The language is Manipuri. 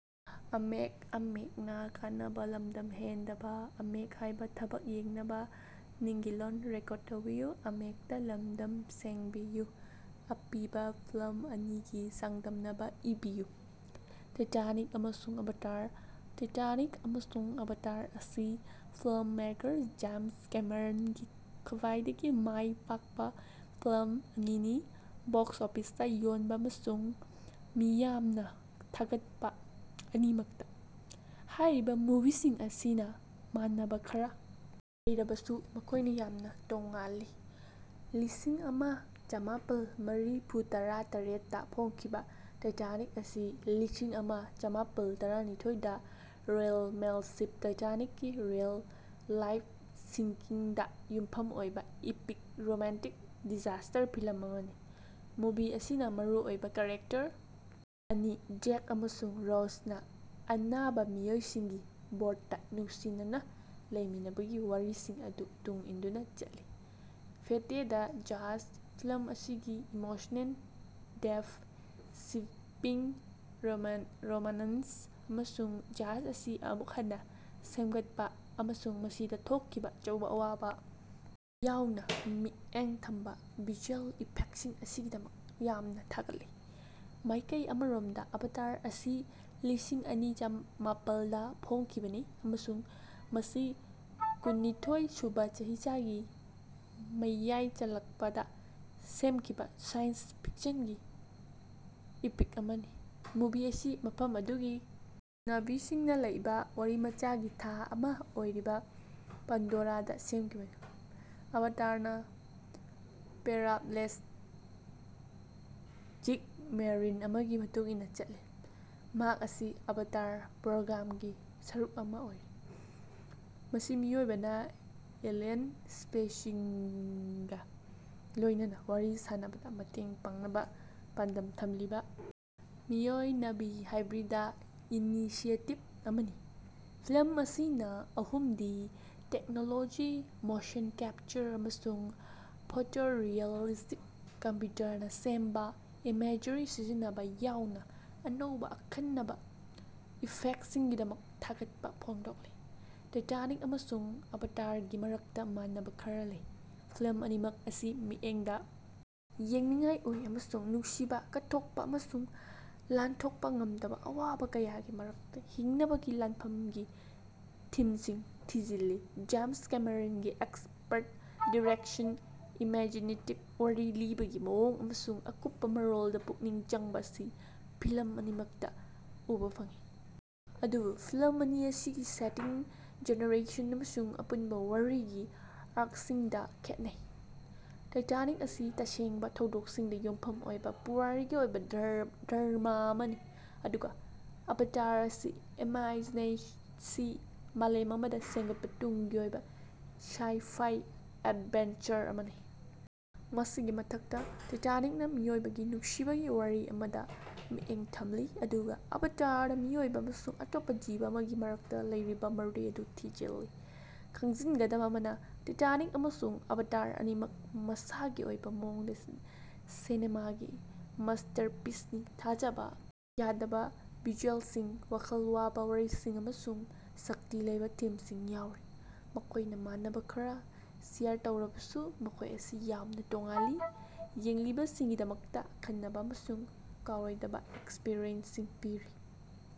ꯑꯄꯤꯕ ꯐꯤꯜꯝ ꯑꯅꯤꯒꯤ ꯆꯥꯡꯗꯝꯅꯕ ꯏꯕꯤꯌꯨ꯫ ꯇꯥꯏꯇꯥꯅꯤꯛ ꯑꯃꯁꯨꯡ ꯑꯚꯥꯇꯔ꯫ ꯇꯥꯏꯇꯥꯅꯤꯛ ꯑꯃꯁꯨꯡ ꯑꯚꯥꯇꯔ ꯑꯁꯤ ꯐꯤꯜꯝ ꯃꯦꯀꯔ ꯖꯦꯝꯁ ꯀꯦꯃꯦꯔꯟꯒꯤ ꯈ꯭ꯕꯥꯏꯗꯒꯤ ꯃꯥꯏ ꯄꯥꯛꯄ ꯐꯤꯜꯝ ꯑꯅꯤꯅꯤ, ꯕꯣꯛꯁ ꯑꯣꯐꯤꯁꯇ ꯌꯣꯟꯕ ꯑꯃꯁꯨꯡ ꯃꯤꯌꯥꯝꯅ ꯊꯥꯒꯠꯄ ꯑꯅꯤꯃꯛꯇ꯫ ꯍꯥꯏꯔꯤꯕ ꯃꯨꯚꯤꯁꯤꯡ ꯑꯁꯤꯅ ꯃꯥꯟꯅꯕ ꯈꯔ ꯂꯩꯔꯕꯁꯨ ꯃꯈꯣꯏꯅꯥ ꯌꯥꯝꯅ ꯇꯣꯉꯥꯜꯂꯤ꯫ ꯂꯤꯁꯤꯡꯑꯃ ꯆꯝꯃꯥꯄꯜ ꯃꯔꯤꯐꯨꯇꯔꯥ ꯇꯔꯦꯠ ꯇ ꯐꯣꯡꯈꯤꯕ ꯇꯥꯏꯇꯥꯅꯤꯛ ꯑꯁꯤ ꯂꯤꯁꯤꯡꯑꯃ ꯆꯝꯃꯥꯄꯜ ꯇꯔꯥꯅꯤꯊꯣꯏ ꯗ ꯔꯣꯌꯜ ꯃꯦꯜ ꯁꯤꯞ ꯇꯥꯏꯇꯥꯅꯤꯛꯀꯤ ꯔꯤꯑꯦꯜ-ꯂꯥꯏꯐ ꯁꯤꯡꯀꯤꯡꯗ ꯌꯨꯝꯐꯝ ꯑꯣꯏꯕ ꯏꯄꯤꯛ ꯔꯣꯃꯥꯟꯇꯤꯛ ꯗꯤꯖꯥꯁꯇꯔ ꯐꯤꯜꯝ ꯑꯃꯅꯤ, ꯃꯨꯚꯤ ꯑꯁꯤꯅ ꯃꯔꯨꯑꯣꯏꯕ ꯀꯦꯔꯦꯛꯇꯔ ꯑꯅꯤ ꯖꯦꯛ ꯑꯃꯁꯨꯡ ꯔꯣꯖꯅ ꯑꯅꯥꯕ ꯃꯤꯑꯣꯏꯁꯤꯡꯒꯤ ꯕꯣꯔꯗꯇ ꯅꯨꯡꯁꯤꯅꯅ ꯂꯩꯃꯤꯟꯅꯕꯒꯤ ꯋꯥꯔꯤꯁꯤꯡ ꯑꯗꯨ ꯇꯨꯡ ꯏꯟꯗꯨꯅ ꯆꯠꯂꯤ꯫ ꯐꯦꯇꯦꯗ ꯖꯍꯥꯖ꫰ ꯐꯤꯜꯝ ꯑꯁꯤꯒꯤ ꯏꯃꯣꯁꯅꯦꯜ ꯗꯦꯞ, ꯁ꯭ꯕꯤꯄꯤꯡ ꯔꯣꯃꯥꯅꯟꯁ, ꯑꯃꯁꯨꯡ ꯖꯍꯥꯖ ꯑꯁꯤ ꯑꯃꯨꯛ ꯍꯟꯅ ꯁꯦꯃꯒꯠꯄ ꯑꯃꯁꯨꯡ ꯃꯁꯤꯗ ꯊꯣꯛꯈꯤꯕ ꯑꯆꯧꯕ ꯑꯋꯥꯕ ꯌꯥꯎꯅ ꯃꯤꯠꯌꯦꯡ ꯊꯝꯕ ꯚꯤꯖꯨꯑꯦꯜ ꯏꯐꯦꯛꯁꯤꯡ ꯑꯁꯤꯒꯤꯗꯃꯛ ꯌꯥꯝꯅ ꯊꯥꯒꯠꯂꯤ꯫ ꯃꯥꯏꯀꯩ ꯑꯃꯔꯣꯝꯗ ꯑꯚꯇꯥꯔ ꯑꯁꯤ ꯂꯤꯁꯤꯡ ꯑꯅꯤ ꯃꯄꯥꯜ ꯗ ꯐꯣꯡꯈꯤꯕꯅꯤ ꯑꯃꯁꯨꯡ ꯃꯁꯤ ꯀꯨꯟꯅꯤꯊꯣꯏ ꯁꯨꯕ ꯆꯍꯤꯆꯥꯒꯤ ꯃꯌꯥꯏ ꯆꯜꯂꯛꯄꯗ ꯁꯦꯝꯈꯤꯕ ꯁꯥꯏꯟꯁ ꯐꯤꯛꯁꯟꯒꯤ ꯏꯄꯤꯛ ꯑꯃꯅꯤ꯫ ꯃꯨꯚꯤ ꯑꯁꯤ ꯃꯐꯝ ꯑꯗꯨꯒꯤ ꯅꯥ'ꯚꯤꯁꯤꯡꯅ ꯂꯩꯕ ꯋꯥꯔꯤꯃꯆꯥꯒꯤ ꯊꯥ ꯑꯃ ꯑꯣꯏꯔꯤꯕ ꯄꯥꯟꯗꯣꯔꯥꯗ ꯁꯦꯝꯈꯤꯕꯅꯤ꯫ ꯑꯚꯥꯇꯥꯔꯅ ꯄꯦꯔꯥꯞꯂꯦꯖꯤꯛ ꯃꯦꯔꯤꯟ ꯑꯃꯒꯤ ꯃꯇꯨꯡ ꯏꯟꯅ ꯆꯠꯂꯤ, ꯃꯍꯥꯛ ꯑꯁꯤ ꯑꯚꯥꯇꯥꯔ ꯄ꯭ꯔꯣꯒ꯭ꯔꯥꯝꯒꯤ ꯁꯔꯨꯛ ꯑꯃ ꯑꯣꯏꯔꯤ, ꯃꯁꯤ ꯃꯤꯑꯣꯏꯕꯅ ꯑꯦꯂꯤꯌꯟ ꯁ꯭ꯄꯤꯁꯤꯁꯁꯤꯡꯒ ꯂꯣꯏꯅꯅ ꯋꯥꯔꯤ ꯁꯥꯅꯕꯗ ꯃꯇꯦꯡ ꯄꯥꯡꯅꯕ ꯄꯥꯟꯗꯝ ꯊꯝꯂꯤꯕ ꯃꯤꯑꯣꯏ-ꯅꯥ'ꯚꯤ ꯍꯥꯏꯕ꯭ꯔꯤꯗ ꯏꯅꯤꯁꯤꯌꯦꯇꯤꯚ ꯑꯃꯅꯤ꯫ ꯐꯤꯜꯝ ꯑꯁꯤꯅ ꯑꯍꯨꯝꯗꯤ ꯇꯦꯛꯅꯣꯂꯣꯖꯤ, ꯃꯣꯁꯟ ꯀꯦꯞꯆꯔ, ꯑꯃꯁꯨꯡ ꯐꯣꯇꯣꯔꯤꯑꯦꯂꯤꯁ ꯀꯝꯄ꯭ꯌꯨꯇꯔꯅ ꯁꯦꯝꯕ ꯏꯃꯦꯖ꯭ꯔꯤ ꯁꯤꯖꯤꯟꯅꯕ ꯌꯥꯎꯅ ꯑꯅꯧꯕ ꯑꯈꯟꯅꯕ ꯏꯐꯦꯛꯁꯤꯡꯒꯤꯗꯃꯛ ꯊꯥꯒꯠꯄ ꯐꯣꯡꯗꯣꯛꯂꯤ꯫ ꯇꯥꯏꯇꯥꯅꯤꯛ ꯑꯃꯁꯨꯡ ꯑꯚꯥꯇꯥꯔꯒꯤ ꯃꯔꯛꯇ ꯃꯥꯟꯅꯕ ꯈꯔ ꯂꯩ꯫ ꯐꯤꯜꯝ ꯑꯅꯤꯃꯛ ꯑꯁꯤ ꯃꯤꯠꯌꯦꯡꯗ ꯌꯦꯡꯅꯤꯡꯉꯥꯏ ꯑꯣꯏ ꯑꯃꯁꯨꯡ ꯅꯨꯡꯁꯤꯕ, ꯀꯠꯊꯣꯛꯄ ꯑꯃꯁꯨꯡ ꯂꯥꯟꯊꯣꯛꯄ ꯉꯝꯗꯕ ꯑꯋꯥꯕ ꯀꯌꯥꯒꯤ ꯃꯔꯛꯇ ꯍꯤꯡꯅꯕꯒꯤ ꯂꯥꯟꯐꯝꯒꯤ ꯊꯤꯝꯁꯤꯡ ꯊꯤꯖꯤꯜꯂꯤ꯫ ꯖꯦꯝꯁ ꯀꯦꯃꯦꯔꯟꯒꯤ ꯑꯦꯛꯁꯄꯔꯠ ꯗꯥꯏꯔꯦꯛꯁꯟ, ꯏꯃꯦꯖꯤꯅꯦꯇꯤꯚ ꯋꯥꯔꯤ ꯂꯤꯕꯒꯤ ꯃꯑꯣꯡ ꯑꯃꯁꯨꯡ ꯑꯀꯨꯞꯄ ꯃꯔꯣꯜꯗ ꯄꯨꯛꯅꯤꯡ ꯆꯪꯕ ꯑꯁꯤ ꯐꯤꯜꯝ ꯑꯅꯤꯃꯛꯇ ꯎꯕ ꯐꯪꯏ꯫ ꯑꯗꯨꯕꯨ ꯐꯤꯜꯝ ꯑꯅꯤ ꯑꯁꯤꯒꯤ ꯁꯦꯇꯤꯡ, ꯖꯦꯅꯔꯦꯁꯟ ꯑꯃꯁꯨꯡ ꯑꯄꯨꯟꯕ ꯋꯥꯔꯤꯒꯤ ꯑꯥꯔꯛꯁꯤꯡꯗ ꯈꯦꯠꯅꯩ꯫ ꯇꯥꯏꯇꯥꯅꯤꯛ ꯑꯁꯤ ꯇꯁꯦꯡꯕ ꯊꯧꯗꯣꯛꯁꯤꯡꯗ ꯌꯨꯝꯐꯝ ꯑꯣꯏꯕ ꯄꯨꯋꯥꯔꯤꯒꯤ ꯑꯣꯏꯕ ꯗ꯭ꯔꯃꯥ ꯑꯃꯅꯤ, ꯑꯗꯨꯒ ꯑꯚꯥꯇꯥꯔ ꯑꯁꯤ ꯏꯃꯥꯏꯖꯦꯟꯁꯤ ꯃꯥꯂꯦꯝ ꯑꯃꯗ ꯁꯦꯝꯒꯠꯄ ꯇꯨꯡꯒꯤ ꯑꯣꯏꯕ ꯁꯥꯏ-ꯐꯥꯏ ꯑꯦꯗꯚꯦꯟꯆꯔ ꯑꯃꯅꯤ꯫ ꯃꯁꯤꯒꯤ ꯃꯊꯛꯇ ꯇꯥꯏꯇꯥꯅꯤꯛꯅ ꯃꯤꯑꯣꯏꯕꯒꯤ ꯅꯨꯡꯁꯤꯕꯒꯤ ꯋꯥꯔꯤ ꯑꯃꯗ ꯃꯤꯠꯌꯦꯡ ꯊꯝꯂꯤ, ꯑꯗꯨꯒ ꯑꯚꯥꯇꯥꯔꯅ ꯃꯤꯑꯣꯏꯕ ꯑꯃꯁꯨꯡ ꯑꯇꯣꯞꯄ ꯖꯤꯕ ꯑꯃꯒꯤ ꯃꯔꯛꯇ ꯂꯩꯔꯤꯕ ꯃꯔꯤ ꯑꯗꯨ ꯊꯤꯖꯤꯜꯂꯤ꯫ ꯈꯪꯖꯤꯟꯒꯗꯕ ꯑꯃꯅ, ꯇꯥꯏꯇꯥꯅꯤꯛ ꯑꯃꯁꯨꯡ ꯑꯚꯥꯇꯥꯔ ꯑꯅꯤꯃꯛ ꯃꯁꯥꯒꯤ ꯑꯣꯏꯕ ꯃꯑꯣꯡꯗ ꯁꯤꯅꯦꯃꯥꯒꯤ ꯃꯁꯇꯔꯄꯤꯁꯅꯤ, ꯊꯥꯖꯕ ꯌꯥꯗꯕ ꯚꯤꯖꯨꯑꯦꯜꯁꯤꯡ, ꯋꯥꯈꯜ ꯋꯥꯕ ꯋꯥꯔꯤꯁꯤꯡ, ꯑꯃꯁꯨꯡ ꯁꯛꯇꯤ ꯂꯩꯕ ꯊꯤꯝꯁꯤꯡ ꯌꯥꯎꯔꯤ꯫ ꯃꯈꯣꯏꯅ ꯃꯥꯟꯅꯕ ꯈꯔ ꯁꯦꯌꯔ ꯇꯧꯔꯕꯁꯨ, ꯃꯈꯣꯏ ꯑꯁꯤ ꯌꯥꯝꯅ ꯇꯣꯉꯥꯜꯂꯤ, ꯌꯦꯡꯂꯤꯕꯁꯤꯡꯒꯤꯗꯃꯛꯇ ꯑꯈꯟꯅꯕ ꯑꯃꯁꯨꯡ ꯀꯥꯎꯔꯣꯏꯗꯕ ꯑꯦꯛꯁꯄꯔꯤꯌꯦꯟꯁꯁꯤꯡ ꯄꯤꯔꯤ꯫